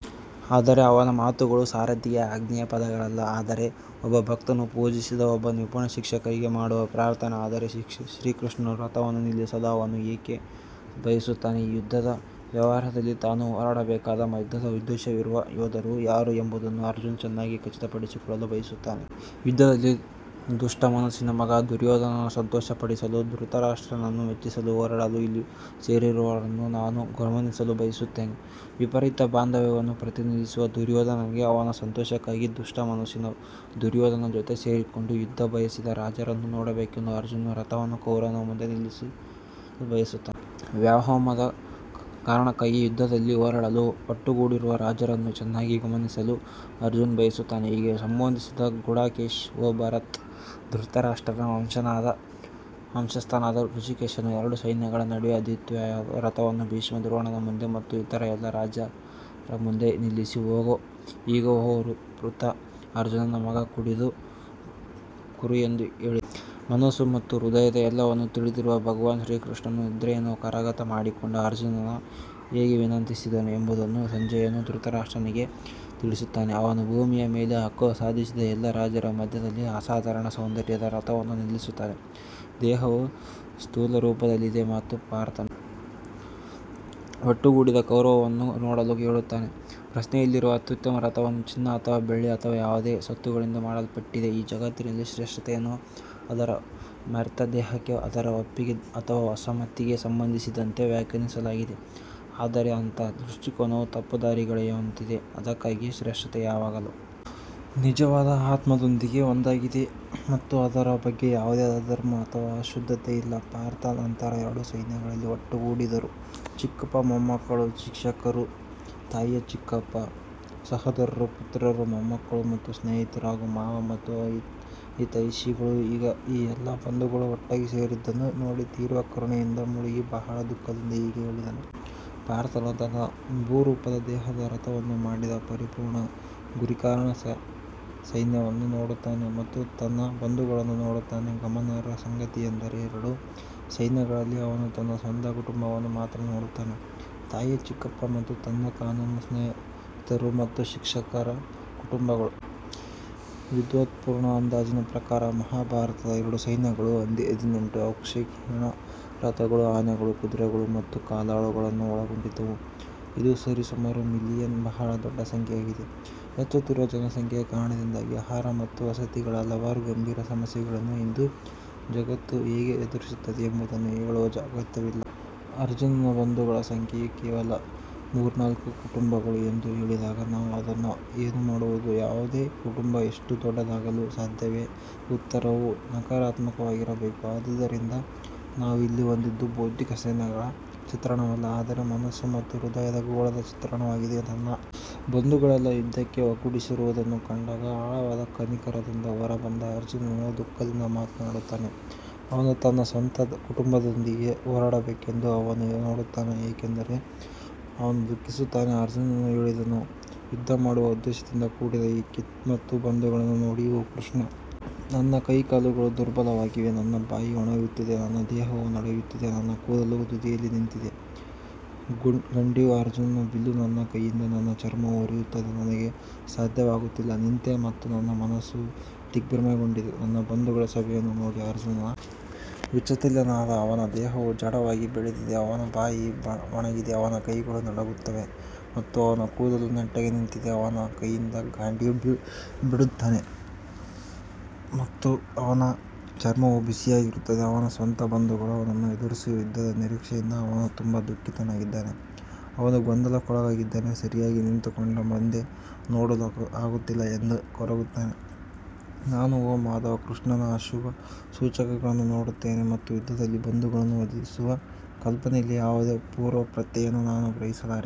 ಆದರೆ ಅವನ ಮಾತುಗಳು ಸಾರಥಿಗೆ ಆಜ್ಞೆಯ ಪದಗಳಲ್ಲ ಆದರೆ ಒಬ್ಬ ಭಕ್ತನು ಪೂಜಿಸಿದ ಒಬ್ಬ ನಿಪುಣ ಶಿಕ್ಷಕರಿಗೆ ಮಾಡುವ ಪ್ರಾರ್ಥನೆ ಆದರೆ ಶ್ರೀಕೃಷ್ಣನು ರಥವನ್ನು ನಿಲ್ಲಿಸಲು ಅವನು ಏಕೆ ಬಯಸುತ್ತಾನೆ ಈ ಯುದ್ಧದ ವ್ಯವಹಾರದಲ್ಲಿ ತಾನು ಹೋರಾಡಬೇಕಾದ ಯುದ್ಧದ ಉದ್ದೇಶವಿರುವ ಯೋಧರು ಯಾರು ಎಂಬುದನ್ನು ಅರ್ಜುನ್ ಚೆನ್ನಾಗಿ ಖಚಿತಪಡಿಸಿಕೊಳ್ಳಲು ಬಯಸುತ್ತಾನೆ. ಯುದ್ಧದಲ್ಲಿ ದುಷ್ಟ ಮನಸ್ಸಿನ ಮಗ ದುರ್ಯೋಧನನನ್ನು ಸಂತೋಷಪಡಿಸಲು ಧೃತರಾಷ್ಟ್ರರನ್ನು ಮೆಚ್ಚಿಸಲು ಹೋರಾಡಲು ಇಲ್ಲಿ ಸೇರಿರುವವರನ್ನು ನಾನು ಗಮನಿಸಲು ಬಯಸುತ್ತೇನೆ. ವಿಪರೀತ ಬಾಂಧವ್ಯವನ್ನು ಪ್ರತಿನಿಧಿಸುವ ದುರ್ಯೋಧನನಿಗೆ ಅವನ ಸಂತೋಷಕ್ಕಾಗಿ ದುಷ್ಟ ಮನಸ್ಸಿನ ದುರ್ಯೋಧನನ ಜೊತೆ ಸೇರಿಕೊಂಡು ಯುದ್ಧ ಬಯಸಿದ ರಾಜರನ್ನು ನೋಡಬೇಕೆಂದು ಅರ್ಜುನನು ರಥವನ್ನು ಕೌರವನ ಮುಂದೆ ನಿಲ್ಲಿಸಲು ಬಯಸುತ್ತಾನೆ. ವ್ಯಾಮೋಹದ ಕಾರಣಕ್ಕಾಗಿ ಯುದ್ಧದಲ್ಲಿ ಹೋರಾಡಲು ಒಟ್ಟುಗೂಡಿರುವ ರಾಜರನ್ನು ಚೆನ್ನಾಗಿ ಗಮನಿಸಲು ಅರ್ಜುನ್ ಬಯಸುತ್ತಾನೆ ಹೀಗೆ ಸಂಬೋಧಿಸಿದ ಗುಡಾಕೇಶ ಓ ಭರತ ಧೃತರಾಷ್ಟ್ರನ ವಂಶಸ್ಥನಾದ ಹೃಷಿಕೇಶನು ಎರಡು ಸೈನ್ಯಗಳ ನಡುವೆ ಅದ್ವಿತೀಯವಾದ ರಥವನ್ನು ಭೀಷ್ಮ ದ್ರೋಣನ ಮುಂದೆ ಮತ್ತು ಇತರ ಎಲ್ಲಾ ರಾಜರ ಮುಂದೆ ನಿಲ್ಲಿಸಿ ಇಗೋ ಓ ಪೃಥ ಅರ್ಜುನನ ಮಗ ಕೂಡಿದ ಕುರು ಎಂದು ಹೇಳಿದನು. ಮನಸ್ಸು ಮತ್ತು ಹೃದಯದ ಎಲ್ಲವನ್ನೂ ತಿಳಿದಿರುವ ಭಗವಾನ್ ಶ್ರೀಕೃಷ್ಣನು ನಿದ್ರೆಯನ್ನು ಕರಗತ ಮಾಡಿಕೊಂಡ ಅರ್ಜುನನು ಹೇಗೆ ವಿನಂತಿಸಿದನು ಎಂಬುದನ್ನು ಸಂಜಯನು ಧೃತರಾಷ್ಟ್ರನಿಗೆ ತಿಳಿಸುತ್ತಾನೆ, ಅವನು ಭೂಮಿಯ ಮೇಲೆ ಹಕ್ಕು ಸಾಧಿಸಿದ ಎಲ್ಲಾ ರಾಜರ ಮಧ್ಯದಲ್ಲಿ ಅಸಾಧಾರಣ ಸೌಂದರ್ಯದ ರಥವನ್ನು ನಿಲ್ಲಿಸುತ್ತಾನೆ. ದೇಹವು ಸ್ಥೂಲರೂಪದಲ್ಲಿದೆ ಮತ್ತು ಪಾರ್ಥನು ಒಟ್ಟುಗೂಡಿದ ಕೌರವನನ್ನು ನೋಡಲು ಕೇಳುತ್ತಾನೆ ಪ್ರಶ್ನೆಯಲ್ಲಿರುವ ಅತ್ಯುತ್ತಮ ರಥವು ಚಿನ್ನ ಅಥವಾ ಬೆಳ್ಳಿ ಅಥವಾ ಯಾವುದೇ ವಸ್ತುಗಳಿಂದ ಮಾಡಲ್ಪಟ್ಟಿದೆ ಈ ಜಗತ್ತಿನಲ್ಲಿ ಶ್ರೇಷ್ಠತೆಯನ್ನು ಅದರ ಮರ್ತ್ಯ ದೇಹಕ್ಕೆ ಅದರ ಒಪ್ಪಿಗೆ ಅಥವಾ ಅಸಮ್ಮತಿಗೆ ಸಂಬಂಧಿಸಿದಂತೆ ವ್ಯಾಖ್ಯಾನಿಸಲಾಗಿದೆ ಆದರೆ ಅಂತಹ ದೃಷ್ಟಿಕೋನವು ತಪ್ಪುದಾರಿಗೆಳೆಯುವಂತಿದೆ, ಅದಕ್ಕಾಗಿಯೇ ಶ್ರೇಷ್ಠತೆ ಯಾವಾಗಲೂ ನಿಜವಾದ ಆತ್ಮದೊಂದಿಗೆ ಒಂದಾಗಿದೆ ಮತ್ತು ಅದರ ಬಗ್ಗೆ ಯಾವುದೇ ಅಧರ್ಮ ಅಥವಾ ಅಶುದ್ಧತೆ ಇಲ್ಲ ಪಾರ್ಥ್ ನಂತರ ಎರಡು ಸೈನ್ಯಗಳಲ್ಲಿ ಒಟ್ಟುಗೂಡಿದರು ಚಿಕ್ಕಪ್ಪ ಮೊಮ್ಮಕ್ಕಳು ಶಿಕ್ಷಕರು ತಾಯಿಯ ಚಿಕ್ಕಪ್ಪ ಸಹೋದರರು ಪುತ್ರರು ಮೊಮ್ಮಕ್ಕಳು ಮತ್ತು ಸ್ನೇಹಿತರು ಹಾಗೂ ಮಾವ ಮತ್ತು ಹಿತೈಷಿಗಳು ಈ ಎಲ್ಲ ಬಂಧುಗಳು ಒಟ್ಟಾಗಿ ಸೇರಿದ್ದನ್ನು ನೋಡಿ ತೀವ್ರ ಕರುಣೆಯಿಂದ ಮುಳುಗಿ ಬಹಳ ದುಃಖದಿಂದ ಹೀಗೆ ಹೇಳಿದನು. ಪಾರ್ಥನು ತನ್ನ ಭೂರೂಪದ ದೇಹದ ರಥವನ್ನು ಮಾಡಿದ ಪರಿಪೂರ್ಣ ಗುರಿಕಾರ ಸೈನ್ಯವನ್ನು ನೋಡುತ್ತಾನೆ ಮತ್ತು ತನ್ನ ಬಂಧುಗಳನ್ನು ನೋಡುತ್ತಾನೆ ಗಮನಾರ್ಹ ಸಂಗತಿಯೆಂದರೆ, ಎರಡು ಸೈನ್ಯಗಳಲ್ಲಿ ಅವನು ತನ್ನ ಸ್ವಂತ ಕುಟುಂಬವನ್ನು ಮಾತ್ರ ನೋಡುತ್ತಾನೆ ತಾಯಿಯ ಚಿಕ್ಕಪ್ಪ ಮತ್ತು ತಂದೆ ಕಾನೂನು ಸ್ನೇಹಿತರು ಮತ್ತು ಶಿಕ್ಷಕರ ಕುಟುಂಬಗಳು. ವಿದ್ವತ್ಪೂರ್ಣ ಅಂದಾಜಿನ ಪ್ರಕಾರ ಮಹಾಭಾರತದ ಎರಡು ಸೈನ್ಯಗಳು ಹದಿನೆಂಟು ಅಕ್ಷೌಹಿಣಿ ರಥಗಳು ಆನೆಗಳು ಕುದುರೆಗಳು ಮತ್ತು ಕಾಲಾಳುಗಳನ್ನು ಒಳಗೊಂಡಿದ್ದವು, ಇದು ಸರಿಸುಮಾರು ಮಿಲಿಯನ್ ಬಹಳ ದೊಡ್ಡ ಸಂಖ್ಯೆಯಾಗಿದೆ. ಹೆಚ್ಚುತ್ತಿರುವ ಜನಸಂಖ್ಯೆಯ ಕಾರಣದಿಂದಾಗಿ ಆಹಾರ ಮತ್ತು ವಸತಿಗಳ ಹಲವಾರು ಗಂಭೀರ ಸಮಸ್ಯೆಗಳನ್ನು ಇಂದು ಜಗತ್ತು ಹೇಗೆ ಎದುರಿಸುತ್ತಿದೆ ಎಂಬುದನ್ನು ಹೇಳುವ ಅಗತ್ಯವಿಲ್ಲ. ಅರ್ಜುನನ ಬಂಧುಗಳ ಸಂಖ್ಯೆಯು ಕೇವಲ ಮೂರ್ನಾಲ್ಕು ಕುಟುಂಬಗಳು ಎಂದು ಹೇಳಿದಾಗ ನಾವು ಅದನ್ನು ಏನು ಮಾಡುವುದು? ಯಾವುದೇ ಕುಟುಂಬ ಇಷ್ಟು ದೊಡ್ಡದಾಗಲು ಸಾಧ್ಯವೇ ಉತ್ತರವು ನಕಾರಾತ್ಮಕವಾಗಿರಬೇಕು ಆದ್ದರಿಂದ ನಾವು ಇಲ್ಲಿ ಹೊಂದಿದ್ದು ಭೌತಿಕ ಸೇನೆಗಳ ಚಿತ್ರಣವಲ್ಲ ಆದರೆ ಮನಸ್ಸು ಮತ್ತು ಹೃದಯದ ಗೋಳದ ಚಿತ್ರಣವಾಗಿದೆ ತನ್ನ ಬಂಧುಗಳೆಲ್ಲ ಯುದ್ಧಕ್ಕೆ ಒಗ್ಗೂಡಿಸಿರುವುದನ್ನು ಕಂಡಾಗ ಆಳವಾದ ಕನಿಕರದಿಂದ ಹೊರಬಂದ ಅರ್ಜುನನು ದುಃಖದಿಂದ ಮಾತನಾಡುತ್ತಾನೆ ಅವನು ತನ್ನ ಸ್ವಂತ ಕುಟುಂಬದೊಂದಿಗೆ ಹೋರಾಡಬೇಕೆಂದು ಅವನು ನೋಡುತ್ತಾನೆ ಏಕೆಂದರೆ ಅವನು ದುಃಖಿಸುತ್ತಾನೆ ಅರ್ಜುನನು ಹೇಳಿದನು ಯುದ್ಧ ಮಾಡುವ ಉದ್ದೇಶದಿಂದ ಕೂಡಿದ ಈ ಕಿತ್ ಮತ್ತು ಬಂಧುಗಳನ್ನು ನೋಡಿ ಓ ಕೃಷ್ಣ ನನ್ನ ಕೈಕಾಲುಗಳು ದುರ್ಬಲವಾಗಿವೆ ನನ್ನ ಬಾಯಿ ಒಣಗುತ್ತಿದೆ ನನ್ನ ದೇಹವು ನಡುಗುತ್ತಿದೆ ನನ್ನ ಕೂದಲು ತುದಿಯಲ್ಲಿ ನಿಂತಿದೆ ಗಂಡೀವ್ ಅರ್ಜುನ್ ಬಿಲ್ಲು ನನ್ನ ಕೈಯಿಂದ ನನ್ನ ಚರ್ಮವು ಉರಿಯುತ್ತಿದೆ ನನಗೆ ಸಾಧ್ಯವಾಗುತ್ತಿಲ್ಲ ನಿಂತೆ ಮತ್ತು ನನ್ನ ಮನಸ್ಸು ದಿಗ್ಭ್ರಮೆಗೊಂಡಿದೆ ತನ್ನ ಬಂಧುಗಳ ಸಭೆಯನ್ನು ನೋಡಿ ಅರ್ಜುನ್ ವಿಚಲಿತನಾದ ಅವನ ದೇಹವು ಜಡವಾಗಿ ಬೆಳೆದಿದೆ ಅವನ ಬಾಯಿ ಒಣಗಿದೆ ಅವನ ಕೈಗಳು ನಡುಗುತ್ತವೆ ಮತ್ತು ಅವನ ಕೂದಲು ನೆಟ್ಟಗೆ ನಿಂತಿದೆ ಅವನ ಕೈಯಿಂದ ಗಾಂಡೀವ್ ಬೀಳುತ್ತಾನೆ ಮತ್ತು ಅವನ ಚರ್ಮವು ಬಿಸಿಯಾಗಿರುತ್ತದೆ ಅವನ ಸ್ವಂತ ಬಂಧುಗಳು ಅವನನ್ನು ಎದುರಿಸುವ ಯುದ್ಧದ ನಿರೀಕ್ಷೆಯಿಂದ ಅವನು ತುಂಬಾ ದುಃಖಿತನಾಗಿದ್ದಾನೆ ಅವನು ಗೊಂದಲಕ್ಕೊಳಗಾಗಿದ್ದಾನೆ ಸರಿಯಾಗಿ ನಿಂತುಕೊಂಡು ಮುಂದೆ ನೋಡಲೂ ಆಗುತ್ತಿಲ್ಲ ಎಂದು ಕೊರಗುತ್ತಾನೆ ನಾನು ಓ ಮಾಧವ ಕೃಷ್ಣನ ಅಶುಭ ಸೂಚಕಗಳನ್ನು ನೋಡುತ್ತೇನೆ ಮತ್ತು ಯುದ್ಧದಲ್ಲಿ ಬಂಧುಗಳನ್ನು ವಧಿಸುವ ಕಲ್ಪನೆಯಲ್ಲಿ ಯಾವುದೇ ಪೂರ್ವಪ್ರತ್ಯಯವನ್ನು ನಾನು ಗ್ರಹಿಸಲಾರೆ.